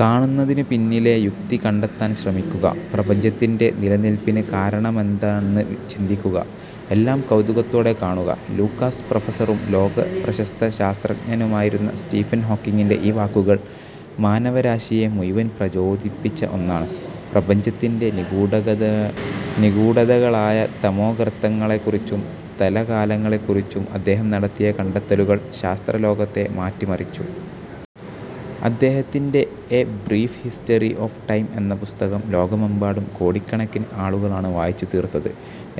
കാണുന്നതിന് പിന്നിലെ യുക്തി കണ്ടെത്താൻ ശ്രമിക്കുക, പ്രപഞ്ചത്തിന്റെ നിലനിൽപ്പിന് കാരണമെന്താന്ന് ചിന്തിക്കുക. എല്ലാം കൗതുകത്തോടെ കാണുക... ' ലൂക്കാസ് പ്രഫസറും ലോകപ്രശസ്ത ശാസ്ത്രജ്ഞനുമായിരുന്ന സ്റ്റീഫൻ ഹോക്കിങ്ങിന്റെ ഈ വാക്കുകൾ മാനവരാശിയെ മുഴുവൻ പ്രചോദിപ്പിച്ച ഒന്നാണ്. പ്രപഞ്ചത്തിന്റെ നിഗൂഢകത നിഗൂഢതകളായ തമോഗർത്തങ്ങളെക്കുറിച്ചും, സ്ഥല-കാലങ്ങളെക്കുറിച്ചും അദ്ദേഹം നടത്തിയ കണ്ടെത്തലുകൾ ശാസ്ത്രലോകത്തെ മാറ്റിമറിച്ചു. അദ്ദേഹത്തിന്റെ 'a brief history of time' എന്ന പുസ്തകം ലോകമെമ്പാടും കോടിക്കണക്കിന് ആളുകളാണ് വായിച്ചുതീർത്തത്.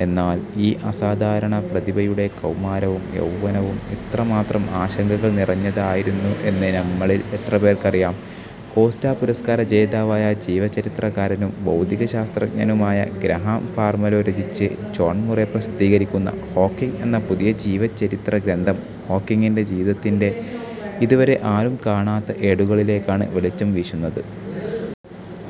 എന്നാൽ, ഈ അസാധാരണ പ്രതിഭയുടെ കൗമാരവും യൗവനവും ഇത്രമാത്രം ആശങ്കകൾ നിറഞ്ഞതായിരുന്നു എന്ന് നമ്മളിൽ എത്രപേർക്കറിയാം? കോസ്റ്റാ പുരസ്കാര ജേതാവായ ജീവചരിത്രകാരനും ഭൗതികശാസ്ത്രജ്ഞനുമായ ഗ്രഹാം ഫാർമെലോ രചിച്ച്, ജോൺ മുറെ പ്രസിദ്ധീകരിക്കുന്ന 'ഹോക്കിങ്' എന്ന പുതിയ ജീവചരിത്ര ഗ്രന്ഥം ഹോക്കിങ്ങിന്റെ ജീവിതത്തിന്റെ ഇതുവരെ ആരും കാണാത്ത ഏടുകളിലേക്കാണ് വെളിച്ചം വീശുന്നത്.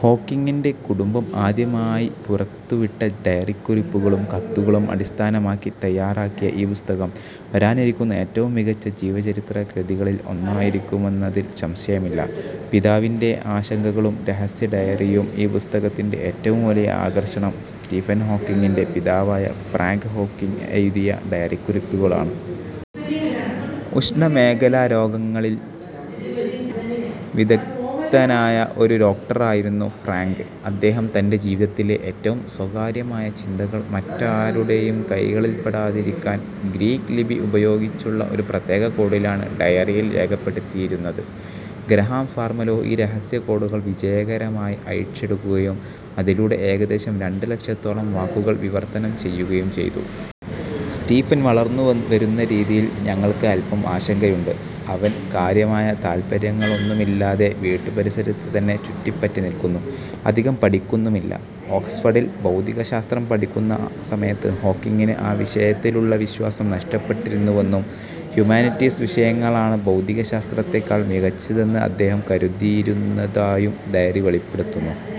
ഹോക്കിങ്ങിന്റെ കുടുംബം ആദ്യമായി പുറത്തുവിട്ട ഡയറിക്കുറിപ്പുകളും കത്തുകളും അടിസ്ഥാനമാക്കി തയാറാക്കിയ ഈ പുസ്തകം, വരാനിരിക്കുന്ന ഏറ്റവും മികച്ച ജീവചരിത്ര കൃതികളിൽ ഒന്നായിരിക്കുമെന്നതിൽ സംശയമില്ല. ∙ പിതാവിന്റെ ആശങ്കകളും രഹസ്യ ഡയറിയും ഈ പുസ്തകത്തിന്റെ ഏറ്റവും വലിയ ആകർഷണം സ്റ്റീഫൻ ഹോക്കിങ്ങിന്റെ പിതാവായ ഫ്രാങ്ക് ഹോക്കിങ് എഴുതിയ ഡയറിക്കുറിപ്പുകളാണ്. ഉഷ്ണമേഖലാ രോഗങ്ങളിൽ വിദഗ്ധനായ ഒരു ഡോക്ടറായിരുന്നു ഫ്രാങ്ക്. അദ്ദേഹം തന്റെ ജീവിതത്തിലെ ഏറ്റവും സ്വകാര്യമായ ചിന്തകൾ മറ്റാരുടെയും കൈകളിൽപ്പെടാതിരിക്കാൻ 'ഗ്രീക്ക് ലിപി' ഉപയോഗിച്ചുള്ള ഒരു പ്രത്യേക കോഡിലാണ് ഡയറിയിൽ രേഖപ്പെടുത്തിയിരുന്നത്. ഗ്രഹാം ഫാർമെലോ ഈ രഹസ്യ കോഡുകൾ വിജയകരമായി അഴിച്ചെടുക്കുകയും, അതിലൂടെ ഏകദേശം രണ്ട് ലക്ഷത്തോളം വാക്കുകൾ വിവർത്തനം ചെയ്യുകയും ചെയ്തു. 'സ്റ്റീഫൻ വളർന്നു വരുന്ന രീതിയിൽ ഞങ്ങൾക്ക് അൽപം ആശങ്കയുണ്ട്. അവൻ കാര്യമായ താൽപര്യങ്ങളൊന്നുമില്ലാതെ വീട്ടുപരിസരത്ത് തന്നെ ചുറ്റിപ്പറ്റി നിൽക്കുന്നു, അധികം പഠിക്കുന്നുമില്ല... ' ഓക്സ്ഫഡിൽ ഭൗതികശാസ്ത്രം പഠിക്കുന്ന സമയത്ത് ഹോക്കിങ്ങിന് ആ വിഷയത്തിലുള്ള വിശ്വാസം നഷ്ടപ്പെട്ടിരുന്നുവെന്നും, ഹ്യൂമാനിറ്റീസ് വിഷയങ്ങളാണ് ഭൗതികശാസ്ത്രത്തേക്കാൾ മികച്ചതെന്ന് അദ്ദേഹം കരുതിയിരുന്നതായും ഡയറി വെളിപ്പെടുത്തുന്നു.